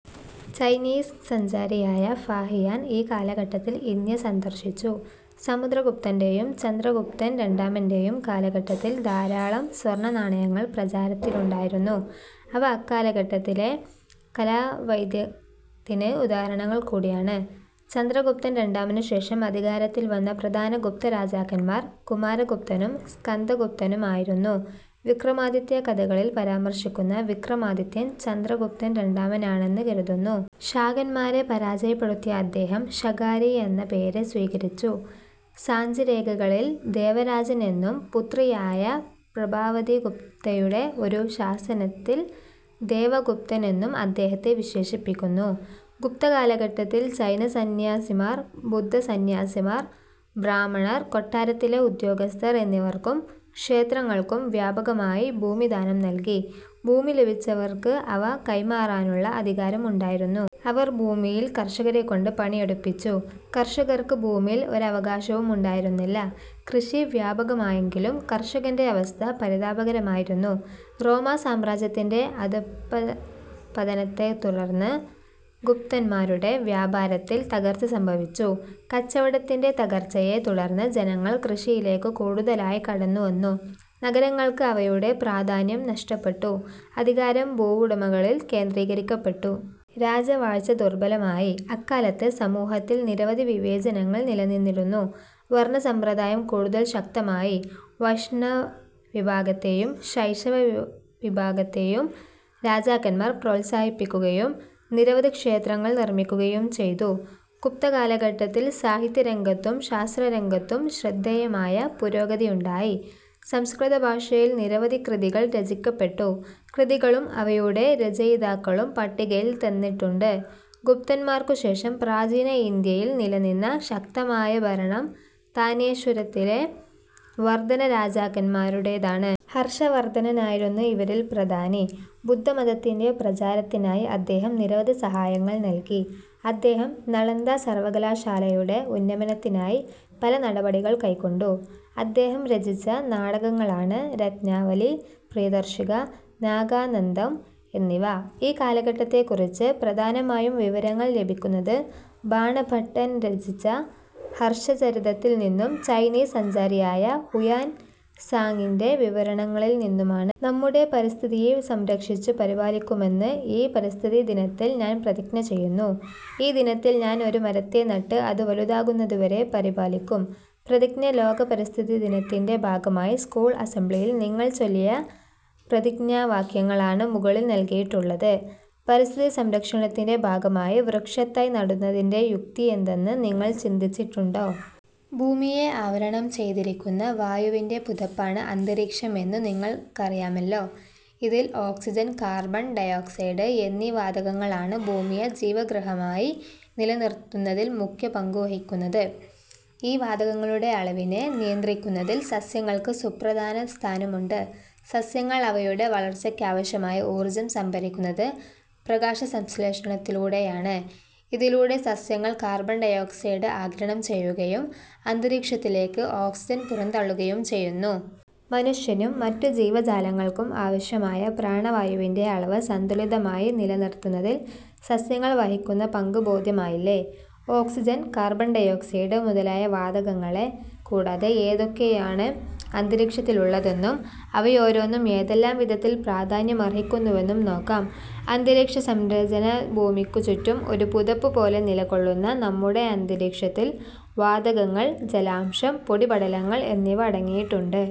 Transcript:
Chinese സഞ്ചാരിയായ Fahien ഈ കാലഘട്ടത്തിൽ ഇന്ത്യ സന്ദർശിച്ചു. സമുദ്രഗുപ്തന്റെയും ചന്ദ്രഗുപ്തൻ രണ്ടാമന്റെയും കാലഘട്ടത്തിൽ ധാരാളം സ്വർണ നാണയങ്ങൾ പ്രചാരത്തിലുണ്ടായിരുന്നു. അവ അക്കാലഘട്ടത്തിലെ കലാവൈദഗ്ധ്യത്തിന് ഉദാഹരണങ്ങൾ കൂടിയാണ്. ചന്ദ്രഗുപ്തൻ രണ്ടാമനു ശേഷം അധികാരത്തിൽ വന്ന പ്രധാന ഗുപ്തരാജാക്കന്മാർ കുമാരഗുപ്തനും സ്കന്ദഗുപ്തനും ആയിരുന്നു. വിക്രമാദിത്യ കഥകളിൽ പരാമർശിക്കുന്ന വിക്രമാദിത്യൻ ചന്ദ്രഗുപ്തൻ രണ്ടാമനാണെന്ന് കരുതുന്നു. ശാകന്മാരെ പരാജയപ്പെടുത്തിയ അദ്ദേഹം ""ശകാരി' എന്ന പേര് സ്വീകരിച്ചു. സാഞ്ചിരേഖകളിൽ ""ദേവരാജൻ എന്നും പുത്രിയായ പ്രഭാവതി ഗുപ്തയുടെ ഒരു ശാസനത്തിൽ "ദേവഗുപ്തൻ' എന്നും അദ്ദേഹത്തെ വിശേഷിപ്പിക്കുന്നു. ഗുപ്തകാലഘട്ടത്തിൽ ജൈനസന്ന്യാസിമാർ, ബുദ്ധ സന്ന്യാസിമാർ, ബ്രാഹ്മണർ, കൊട്ടാരത്തിലെ ഉദ്യോഗസ്ഥർ എന്നിവർക്കും ക്ഷേത്രങ്ങൾക്കും വ്യാപകമായി ഭൂമി ദാനം നൽകി. ഭൂമി ലഭിച്ചവർക്ക് അവ കൈമാറാനുള്ള അധികാരം ഉണ്ടായിരുന്നു. അവർ ഭൂമിയിൽ കർഷകരെക്കൊണ്ട് പണിയെടുപ്പിച്ചു. കർഷകർക്ക് ഭൂമിയിൽ ഒരവകാശവും ഉണ്ടായിരുന്നില്ല. കൃഷി വ്യാപകമായെങ്കിലും കർഷകന്റെ അവസ്ഥ പരിതാപകരമായിരുന്നു. റോമാസാമ്രാജ്യത്തിന്റെ അധപ്പപതനത്തെത്തുടർന്ന് ഗുപ്തന്മാരുടെ വ്യാപാരത്തിൽ തകർച്ച സംഭവിച്ചു. കച്ചവടത്തിന്റെ തകർച്ചയെ തുടർന്ന് ജനങ്ങൾ കൃഷിയിലേക്കു കൂടുതലായി കടന്നുവന്നു. നഗരങ്ങൾക്ക് അവയുടെ പ്രാധാന്യം നഷ്ടപ്പെട്ടു. അധികാരം ഭൂവുടമകളിൽ കേന്ദ്രീകരിക്കപ്പെട്ടു. രാജവാഴ്ച ദുർബലമായി. അക്കാലത്ത് സമൂഹത്തിൽ നിരവധി വിവേചനങ്ങൾ നിലനിന്നിരുന്നു. വർണസമ്പ്രദായം കൂടുതൽ ശക്തമായി. വൈഷ്ണവിഭാഗത്തെയും ശൈവവിഭാഗത്തെയും രാജാക്കന്മാർ പ്രോത്സാഹിപ്പിക്കുകയും നിരവധി ക്ഷേത്രങ്ങൾ നിർമിക്കുകയും ചെയ്തു. ഗുപ്തകാലഘട്ടത്തിൽ സാഹിത്യരംഗത്തും ശാസ്ത്രരംഗത്തും ശ്രദ്ധേയമായ പുരോഗതിയുണ്ടായി. സംസ്കൃതഭാഷയിൽ നിരവധി കൃതികൾ രചിക്കപ്പെട്ടു. കൃതികളും അവയുടെ രചയിതാക്കളും പട്ടികയിൽ തന്നിട്ടുണ്ട്. ഗുപ്തന്മാർക്കുശേഷം പ്രാചീന ഇന്ത്യയിൽ നിലനിന്ന ശക്തമായ ഭരണം താനേശ്വരത്തിലെ വർധനരാജാക്കന്മാരുടേതാണ്. ഹർഷവർധനനായിരുന്നു ഇവരിൽ പ്രധാനി. ബുദ്ധമതത്തിന്റെ പ്രചാരത്തിനായി അദ്ദേഹം നിരവധി സഹായങ്ങൾ നൽകി. അദ്ദേഹം നളന്ദ സർവകലാശാലയുടെ ഉന്നമനത്തിനായി പല നടപടികൾ കൈക്കൊണ്ടു. അദ്ദേഹം രചിച്ച നാടകങ്ങളാണ് രത്നാവലി, പ്രിയദർശിക, നാഗാനന്ദം എന്നിവ. ഈ കാലഘട്ടത്തെക്കുറിച്ച് പ്രധാനമായും വിവരങ്ങൾ ലഭിക്കുന്നത് ബാണ ഭട്ടൻ രചിച്ച "ഹർഷചരിതത്തിൽ നിന്നും ചൈനീസ് സഞ്ചാരിയായ ഹുയാൻസാങിന്റെ വിവരണങ്ങളിൽ നിന്നുമാണ്. നമ്മുടെ പരിസ്ഥിതിയെ സംരക്ഷിച്ചു പരിപാലിക്കുമെന്ന് ഈ പരിസ്ഥിതി ദിനത്തിൽ ഞാൻ പ്രതിജ്ഞ ചെയ്യുന്നു. ഈ ദിനത്തിൽ ഞാൻ ഒരു മരത്തെ നട്ട് അത് വലുതാകുന്നതുവരെ പരിപാലിക്കും. -പ്രതിജ്ഞ ലോക പരിസ്ഥിതിദിനത്തിന്റെ ഭാഗമായി സ്കൂൾ അസംബ്ലിയിൽ നിങ്ങൾ ചൊല്ലിയ പ്രതിജ്ഞാവാക്യങ്ങളാണ് മുകളിൽ നൽകിയിട്ടുള്ളത്. പരിസ്ഥിതിസംരക്ഷണത്തിന്റെ ഭാഗമായി വൃക്ഷത്തൈ നടുന്നതിന്റെ യുക്തി യെന്തെന്ന് നിങ്ങൾ ചിന്തിച്ചിട്ടുണ്ടോ? ഭൂമിയെ ആവരണം ചെയ്തിരിക്കുന്ന വായുവിന്റെ പുതപ്പാണ് അന്തരീക്ഷം എന്നു നിങ്ങൾക്കറിയാമല്ലോ. ഇതിൽ ഓക്സിജൻ, കാർബൺ ഡയോക്സൈഡ് എന്നീ വാതകങ്ങളാണ് ഭൂമിയെ ജീവഗൃഹമായി നിലനിർത്തുന്നതിൽ മുഖ്യ പങ്കുവഹിക്കുന്നത്. ഈ വാതകങ്ങളുടെ അളവിനെ നിയന്ത്രിക്കുന്നതിൽ സസ്യങ്ങൾക്ക് സുപ്രധാന സ്ഥാനമുണ്ട്. സസ്യങ്ങൾ അവയുടെ വളർച്ചയ്ക്കാവശ്യമായ ഊർജം സംഭരിക്കുന്നത് പ്രകാശസംശ്ലേഷണത്തിലൂടെയാണ്. ഇതിലൂടെ സസ്യങ്ങൾ കാർബൺ ഡയോക്സൈഡ് ആഗിരണം ചെയ്യുകയും അന്തരീക്ഷത്തിലേക്ക് ഓക്സിജൻ പുറന്തള്ളുകയും ചെയ്യുന്നു. മനുഷ്യനും മറ്റു ജീവജാലങ്ങൾക്കും ആവശ്യമായ പ്രാണവായുവിന്റെ അളവ് സന്തുലിതമായി നിലനിർത്തുന്നതിൽ സസ്യങ്ങൾ വഹിക്കുന്ന പങ്ക് ബോധ്യമായില്ലേ. ഓക്സിജൻ, കാർബൺ ഡയോക്സൈഡ് മുതലായ വാതകങ്ങളെ കൂടാതെ ഏതൊക്കെയാണ് അന്തരീക്ഷത്തിലുള്ളതെന്നും അവയോരോന്നും ഏതെല്ലാം വിധത്തിൽ പ്രാധാന്യമർഹിക്കുന്നുവെന്നും നോക്കാം. അന്തരീക്ഷസംരചന ഭൂമിക്കുചുറ്റും ഒരു പുതപ്പു പോലെ നിലകൊള്ളുന്ന നമ്മുടെ അന്തരീക്ഷത്തിൽ വാതകങ്ങൾ, ജലാംശം, പൊടിപടലങ്ങൾ എന്നിവ അട ങ്ങിയിട്ടുണ്ട്.